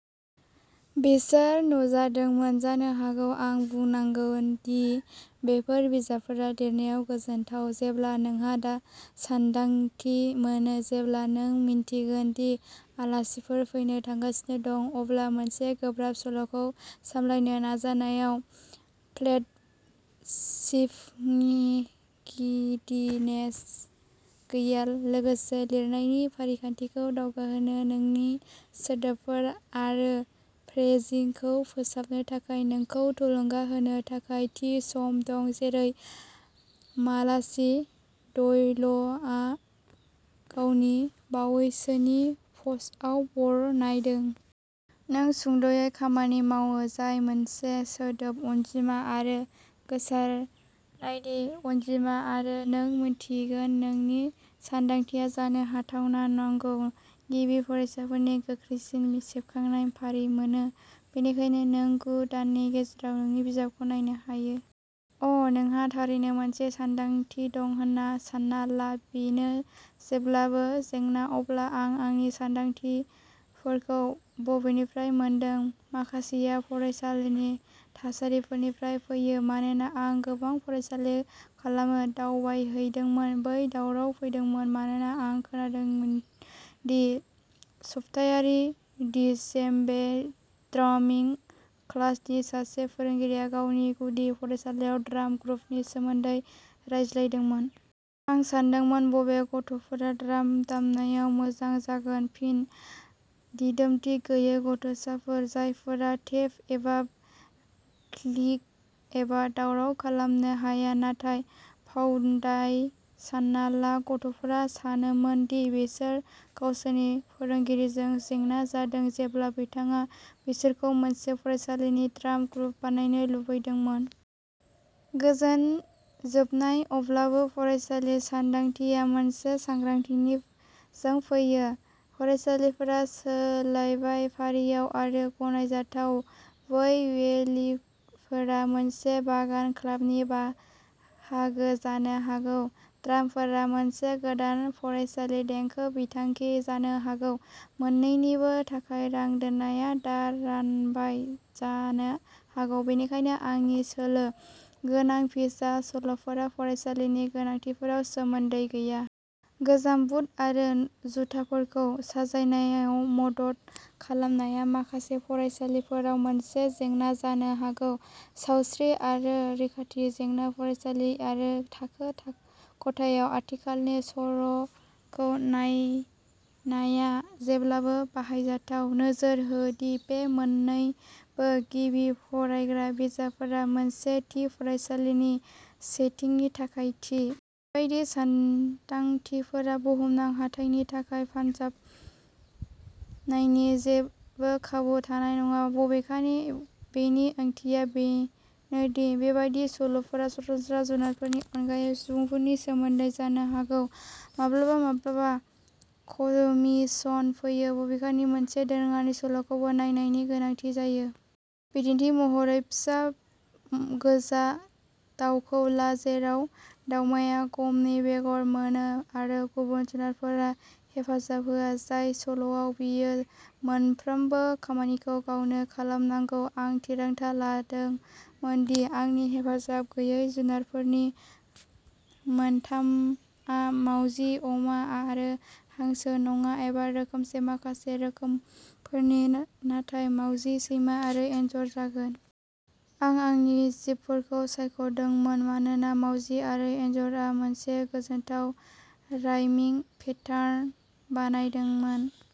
बिसोर नुजादोंमोन जानो हागौ। आं बुंनांगोन दि बेफोर बिजाबफोरा लिरनायाव गोजोनथाव जेब्ला नोंहा सानदांथि मोनो। जेब्ला नों मिन्थिगोन दि आलासिफोर फैनो थांगासिनो दं, अब्ला मोनसे गोब्राब सल'खौ सामलायनो नाजानायाव प्लेटस्पिनिं गिदिनेस गैया। लोगोसे, लिरनायनि फारिखान्थिखौ दावगाहोनो, नोंनि सोदोबफोर आरो फ्रेजिंखौ फोसाबनो थाखाय नोंखौ थुलुंगा होनो थाखाय थि सम दं, जेरै मालाचि डयलआ गावनि बावैसोनि पस्टआव बरनायदों। नों सुंद'यै खामानि मावो जाय मोनसे सोदोब अनजिमा आरो गोसारनायनि अनजिमा आरो नों मिन्थिगोन नोंनि सानदांथिया जानो हाथावना नांगौ। गिबि फरायगिरिफोरा गोख्रैसिन सेबखांनाय फारि मोनो, बेनिखायनो नों गु दाननि गेजेराव नोंनि बिजाबखौ नायनो हायो। अ '! नोंहा थारैनो मोनसे सानदांथि दं होन्ना सान्ना ला? बेनो जेब्लाबो जेंना। अब्ला, आं आंनि सानदांथिफोरखौ बबेनिफ्राय मोनदों? माखासेया फरायसालिनि थासारिफोरनिफ्राय फैयो, मानोना आं गोबां फरायसालि खालामो। दावबायहैदोंमोन। बै दावराव! फैदोंमोन मानोना आं खोनादोंमोन दि सप्तायारि डीजेम्बे ड्रामिं क्लासनि सासे फोरोंगिरिआ गावनि गुदि फरायसालियाव ड्राम ग्रुपनि सोमोन्दै रायज्लायदोंमोन। आं सानदोंमोन, बबे गथ'फोरा ड्राम दामनायाव मोजां जागोन? फिनः दिदोमथि गैयै गथ'साफोर, जायफोरा टेप एबा क्लिक एबा दावराव खालामनो हाया। नाथाय फावफान्दाय? सानना ला गथ'फोरा सानोमोन दि बिसोर गावसोरनि फोरोंगिरिजों जेंना जादों जेब्ला बिथाङा बिसोरखौ मोनसे फरायसालि ड्राम ग्रुप बानायनो लुबैदोंमोन? गोजोन जोबनाय! अब्लाबो, "फरायसालि सानदांथिया" मोनसे सांग्रांथिजों फैयो। फरायसालिफोरा सोलायबाय, फारियाव आरो गनायथावआव। बै वेलिफोरा मोनसे बागान क्लाबनि बाहागो जानो हागौ। ड्रामफोरा मोनसे गोदान फरायसालि देंखो बिथांखि जानो हागौ। मोन्नैनिबो थाखाय रां होनाया दा रानबाय जानो हागौ, बेनिखायनो आंनि सोलो गोनां फिसा सल'फोरा फरायसालिनि गोनांथिफोराव सोमोन्दो गैया। गोजाम बुट आरो जुथाफोरखौ साजायनायाव मदद खालामनाया माखासे फरायसालिफोराव मोनसे जेंना जानो हागौ। सावस्रि आरो रैखाथि जेंना। फरायसालि आरो थाखो खथायाव आथिखालनि सर'खौ नायनाया जेब्लाबो बाहायजाथाव। नोजोर हो दि बे मोन्नैबो गिबि फरायग्रा बिजाबफोरा मोनसे थि फरायसालि सेटिंनि थाखाय थि। बेबादि सानदांथिफोरा बुहुमनां हाथाइनि थाखाय फानजानायनि जेबो खाबु थानाय नङा। बबेखानि, बेनि ओंथिया बेनो दि बेबादि सल'फोरा सरासनस्रा जुनारफोरनि अनगायै सुबुंफोरनि सोमोन्दै जानो हागौ। माब्लाबा माब्लाबा कमीशन फैयो। बबेखानि, मोनसे दोरोङारि सल'खौबो साननायनि गोनांथि जायो। बिदिन्थि महरै, फिसा गोजा दावखौ ला, जेराव दावमाया गमनि बेगर मोनो आरो गुबुन जुनारफोरा हेफाजाब होआ। जाय सल'आव बियो मोनफ्रोमबो खामानिखौ गावनो खालामनांगौ? आं थिरांथा लादोंमोन दि आंनि हेफाजाब गैयै जुनारफोरनि मोनथामआ मावजि, अमा आरो हांसो नङा एबा रोखोमसे माखासे रोखोमफोरनि नाथाय "मावजि, सैमा आरो एनजर" जागोन। आं आंनि जिबफोरखौ सायख'दोंमोन मानोना "मावजि" आरो "एनजर" आ मोनसे गोजोनथाव रायमिं पेटार्न बानायदोंमोन।